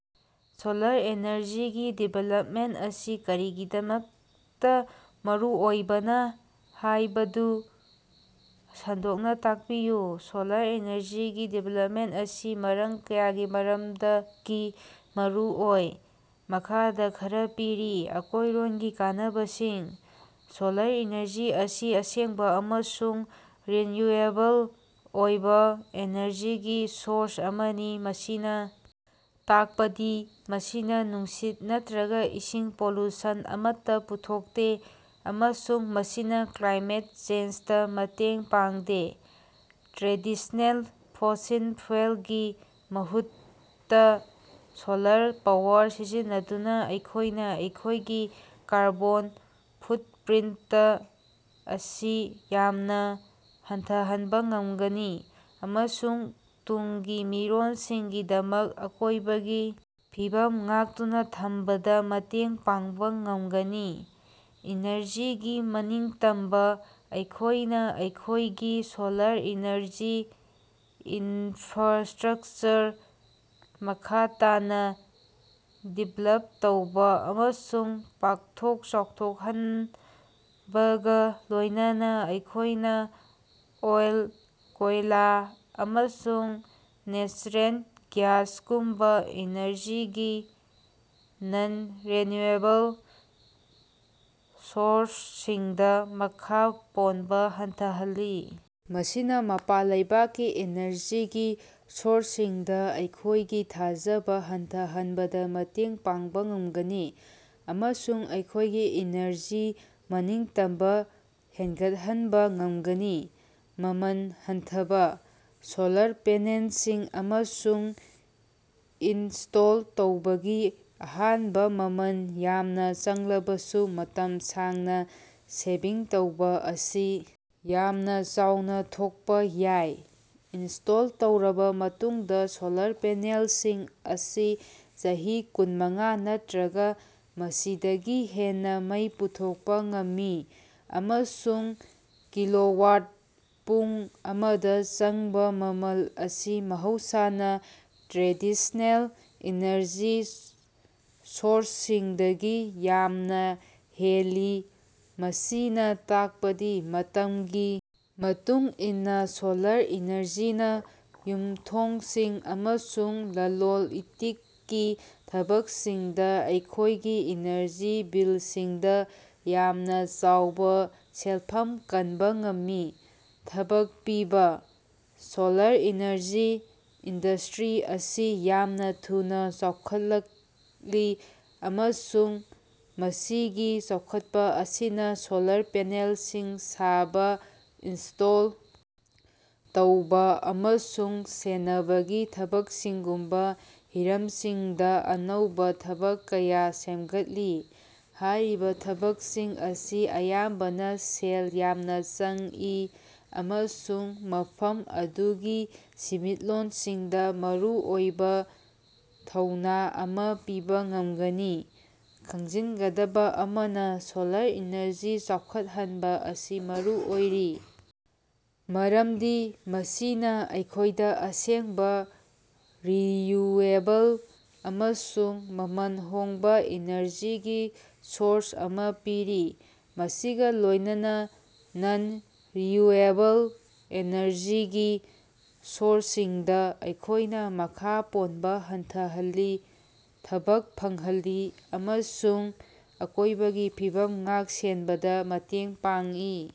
Solar ꯑꯦꯅꯔꯖꯤꯒꯤ development ꯑꯁꯤ ꯀꯔꯤꯒꯤꯗꯃꯛꯇ ꯃꯔꯨꯑꯣꯏꯕꯅ ꯍꯥꯏꯕꯗꯨ ꯁꯟꯗꯣꯛꯅ ꯇꯥꯛꯄꯤꯌꯨ꯫ ꯁꯣꯂꯥꯔ ꯑꯦꯅꯔꯖꯤꯒꯤ ꯗꯤꯚꯦꯂꯄꯃꯦꯟꯇ ꯑꯁꯤ ꯃꯔꯝ ꯀꯌꯥꯒꯤ ꯃꯔꯝꯗꯒꯤ ꯃꯔꯨꯑꯣꯏ꯫ ꯃꯈꯥꯗ ꯈꯔ ꯄꯤꯔꯤ: ꯑꯀꯣꯏꯔꯣꯟꯒꯤ ꯀꯥꯟꯅꯕꯁꯤꯡ: ꯁꯣꯂꯥꯔ ꯏꯅꯔꯖꯤ ꯑꯁꯤ ꯑꯁꯦꯡꯕ ꯑꯃꯁꯨꯡ ꯔꯤꯟꯌꯨꯑꯦꯕꯜ ꯑꯣꯏꯕ ꯏꯅꯔꯖꯤꯒꯤ ꯁꯣꯔꯁ ꯑꯃꯅꯤ꯫ ꯃꯁꯤꯅ ꯇꯥꯛꯄꯗꯤ ꯃꯁꯤꯅ ꯅꯨꯡꯁꯤꯠ ꯅꯠꯇ꯭ꯔꯒ ꯏꯁꯤꯡ ꯄꯣꯂꯨꯁꯟ ꯑꯃꯠꯇ ꯄꯨꯊꯣꯛꯇꯦ꯫ ꯑꯃꯁꯨꯡ ꯃꯁꯤꯅ ꯀ꯭ꯂꯥꯏꯃꯦꯠ ꯆꯦꯟꯖꯗ ꯃꯇꯦꯡ ꯄꯥꯡꯗꯦ꯫ ꯇ꯭ꯔꯦꯗꯤꯁ꯭ꯅꯦꯜ ꯐꯣꯁꯤꯜ ꯐ꯭ꯌꯨꯑꯦꯜꯒꯤ ꯃꯍꯨꯠꯇ ꯁꯣꯂꯥꯔ ꯄꯥꯋꯔ ꯁꯤꯖꯤꯟꯅꯗꯨꯅ ꯑꯩꯈꯣꯏꯅ ꯑꯩꯈꯣꯏꯒꯤ ꯀꯥꯔꯕꯣꯟ ꯐꯨꯠꯞꯔꯤꯟꯇ ꯑꯁꯤ ꯌꯥꯝꯅ ꯍꯟꯊꯍꯟꯕ ꯉꯝꯒꯅꯤ꯫ ꯑꯃꯁꯨꯡ ꯇꯨꯡꯒꯤ ꯃꯤꯔꯣꯜꯁꯤꯡꯒꯤꯗꯃꯛ ꯑꯀꯣꯏꯕꯒꯤ ꯐꯤꯕꯝ ꯉꯥꯛꯇꯨꯅ ꯊꯝꯕꯗ ꯃꯇꯦꯡ ꯄꯥꯡꯕ ꯉꯝꯒꯅꯤ꯫ ꯏꯅꯔꯖꯤꯒꯤ ꯃꯅꯤꯡꯇꯝꯕ: ꯑꯩꯈꯣꯏꯅ ꯑꯩꯈꯣꯏꯒꯤ ꯁꯣꯂꯥꯔ ꯏꯅꯔꯖꯤ ꯏꯅꯐ꯭ꯔꯥꯁ꯭ꯇꯔꯛꯆꯔ ꯃꯈꯥ ꯇꯥꯅ ꯗꯤꯕ꯭ꯂꯞ ꯇꯧꯕ ꯑꯃꯁꯨꯡ ꯄꯥꯛꯊꯣꯛ ꯆꯥꯎꯊꯣꯛꯍꯅꯜꯟꯕꯒ ꯂꯣꯢꯅꯅ ꯑꯩꯈꯣꯏꯅ ꯑꯣꯏꯜ, ꯀꯣꯏꯂꯥ ꯑꯃꯁꯨꯡ ꯅꯦꯆꯔꯦꯜ ꯒ꯭ꯌꯥꯁꯒꯨꯝꯕ ꯏꯅꯔꯖꯤꯒꯤ ꯅꯟ-ꯔꯤꯟꯌꯨꯑꯦꯕꯜ ꯁꯣꯔꯁꯁꯤꯡꯗ ꯃꯈꯥ ꯄꯣꯟꯕ ꯍꯟꯊꯍꯜꯂꯤ꯫ ꯃꯁꯤꯅ ꯃꯄꯥꯟ ꯂꯩꯕꯥꯛꯀꯤ ꯏꯅꯔꯖꯤꯒꯤ ꯁꯣꯔꯁꯁꯤꯡꯗ ꯑꯩꯈꯣꯢꯒꯤ ꯊꯥꯖꯕ ꯍꯟꯊꯍꯟꯕꯗ ꯃꯇꯦꯡ ꯄꯥꯡꯕ ꯉꯝꯒꯅꯤ꯫ ꯑꯃꯁꯨꯡ ꯑꯩꯈꯣꯢꯒꯤ ꯏꯅꯔꯖꯤꯒꯤ ꯃꯅꯤꯡꯇꯝꯕ ꯍꯦꯟꯒꯠꯍꯟꯕ ꯉꯝꯒꯅꯤ꯫ ꯃꯃꯜ ꯍꯟꯊꯕ: ꯁꯣꯂꯥꯔ ꯄꯦꯅꯦꯜꯁꯤꯡ ꯑꯃꯁꯨꯡ ꯏꯅꯁ꯭ꯇꯣꯜ ꯇꯧꯕꯒꯤ ꯑꯍꯥꯟꯕ ꯃꯃꯜ ꯌꯥꯝꯅ ꯆꯪꯂꯕꯁꯨ ꯃꯇꯝ ꯁꯥꯡꯅ ꯁꯦꯚꯤꯡ ꯇꯧꯕ ꯑꯁꯤ ꯌꯥꯝꯅ ꯆꯥꯎꯅ ꯊꯣꯛꯄ ꯌꯥꯏ꯫ ꯏꯅꯁ꯭ꯇꯣꯜ ꯇꯧꯔꯕ ꯃꯇꯨꯡꯗ ꯁꯣꯂꯥꯔ ꯄꯦꯅꯦꯜꯁꯤꯡ ꯑꯁꯤ ꯆꯍꯤ ꯀꯨꯟꯃꯉꯥ ꯅꯠꯇ꯭ꯔꯒ ꯃꯁꯤꯗꯒꯤ ꯍꯦꯟꯅ ꯃꯩ ꯄꯨꯊꯣꯛꯄ ꯉꯝꯃꯤ꯫ ꯑꯃꯁꯨꯡ ꯀꯤꯂꯣꯋꯥꯠ-ꯄꯨꯡ ꯑꯃꯗ ꯆꯪꯕ ꯃꯃꯜ ꯑꯁꯤ ꯃꯍꯧꯁꯥꯅ ꯇ꯭ꯔꯦꯗꯤꯁꯅꯦꯜ ꯏꯅꯔꯖꯤ ꯁꯣꯔꯁꯁꯤꯡꯗꯒꯤ ꯌꯥꯝꯅ ꯍꯦꯜꯂꯤ꯫ ꯃꯁꯤꯅ ꯇꯥꯛꯄꯗꯤ ꯃꯇꯝꯒꯤ ꯃꯇꯨꯡ ꯏꯟꯅ ꯁꯣꯂꯔ ꯏꯅꯔꯖꯤꯅ ꯌꯨꯝꯊꯣꯡꯁꯤꯡ ꯑꯃꯁꯨꯡ ꯂꯂꯣꯟ-ꯏꯇꯤꯛꯀꯤ ꯊꯕꯛꯁꯤꯡꯗ ꯃꯈꯣꯏꯒꯤ ꯏꯅꯔꯖꯤ ꯕꯤꯜꯁꯤꯡꯗ ꯌꯥꯝꯅ ꯆꯥꯎꯕ ꯁꯦꯟꯐꯝ ꯀꯟꯕ ꯉꯝꯃꯤ꯫ ꯊꯕꯛ ꯄꯤꯕ: ꯁꯣꯂꯥꯔ ꯏꯅꯔꯖꯤ ꯏꯟꯗꯁ꯭ꯇꯔꯤ ꯑꯁꯤ ꯌꯥꯝꯅ ꯊꯨꯅ ꯆꯥꯎꯈꯠꯂꯛꯂꯤ꯫ ꯑꯃꯁꯨꯡ ꯃꯁꯤꯒꯤ ꯆꯥꯎꯈꯠꯄ ꯑꯁꯤꯅ ꯁꯣꯂꯥꯔ ꯄꯦꯅꯦꯜꯁꯤꯡ ꯁꯥꯕ, ꯏꯅꯁ꯭ꯇꯣꯜ ꯇꯧꯕ ꯑꯃꯁꯨꯡ ꯁꯦꯟꯅꯕꯒꯤ ꯊꯕꯛꯁꯤꯡꯒꯨꯝꯕ ꯍꯤꯔꯝꯁꯤꯡꯗ ꯑꯅꯧꯕ ꯊꯕꯛ ꯀꯌꯥ ꯁꯦꯝꯒꯠꯂꯤ꯫ ꯍꯥꯏꯔꯤꯕ ꯊꯕꯛꯁꯤꯡ ꯑꯁꯤ ꯑꯌꯥꯝꯕꯅ ꯁꯦꯜ ꯌꯥꯝꯅ ꯆꯪꯏ꯫ ꯑꯃꯁꯨꯡ ꯃꯐꯝ ꯑꯗꯨꯒꯤ ꯁꯦꯟꯃꯤꯠꯂꯣꯟꯁꯤꯡꯗ ꯃꯔꯨꯑꯣꯏꯕ ꯊꯧꯅꯥ ꯑꯃ ꯄꯤꯕ ꯉꯝꯒꯅꯤ꯫ ꯈꯪꯖꯤꯟꯒꯗꯕ ꯑꯃꯅ, ꯁꯣꯂꯥꯔ ꯏꯅꯔꯖꯤ ꯆꯥꯎꯈꯠꯍꯟꯕ ꯑꯁꯤ ꯃꯔꯨ ꯑꯣꯏꯔꯤ ꯃꯔꯝꯗꯤ ꯃꯁꯤꯅ ꯑꯩꯈꯣꯢꯗ ꯑꯁꯦꯡꯕ ꯔꯤꯌꯨꯑꯦꯕꯜ ꯑꯃꯁꯨꯡ ꯃꯃꯜ ꯍꯣꯡꯕ ꯏꯅꯔꯖꯤꯒꯤ ꯁꯣꯔꯁ ꯑꯃꯥ ꯄꯤꯔꯤ꯫ꯃꯁꯤꯒ ꯂꯣꯏꯅꯅ ꯅꯟ-ꯔꯤꯌꯨꯑꯦꯕꯜ ꯏꯅꯔꯖꯤꯒꯤ ꯁꯣꯔꯁꯁꯤꯡꯗ ꯑꯩꯈꯣꯏꯅ ꯃꯈꯥ ꯄꯣꯟꯕ ꯍꯟꯊꯍꯜꯂꯤ꯫ ꯊꯕꯛ ꯐꯪꯍꯜꯂꯤ ꯑꯃꯁꯨꯡ ꯑꯀꯣꯏꯕꯒꯤ ꯐꯤꯕꯝ ꯉꯥꯛ-ꯁꯦꯟꯕꯗ ꯃꯇꯦꯡ ꯄꯥꯡꯏ꯫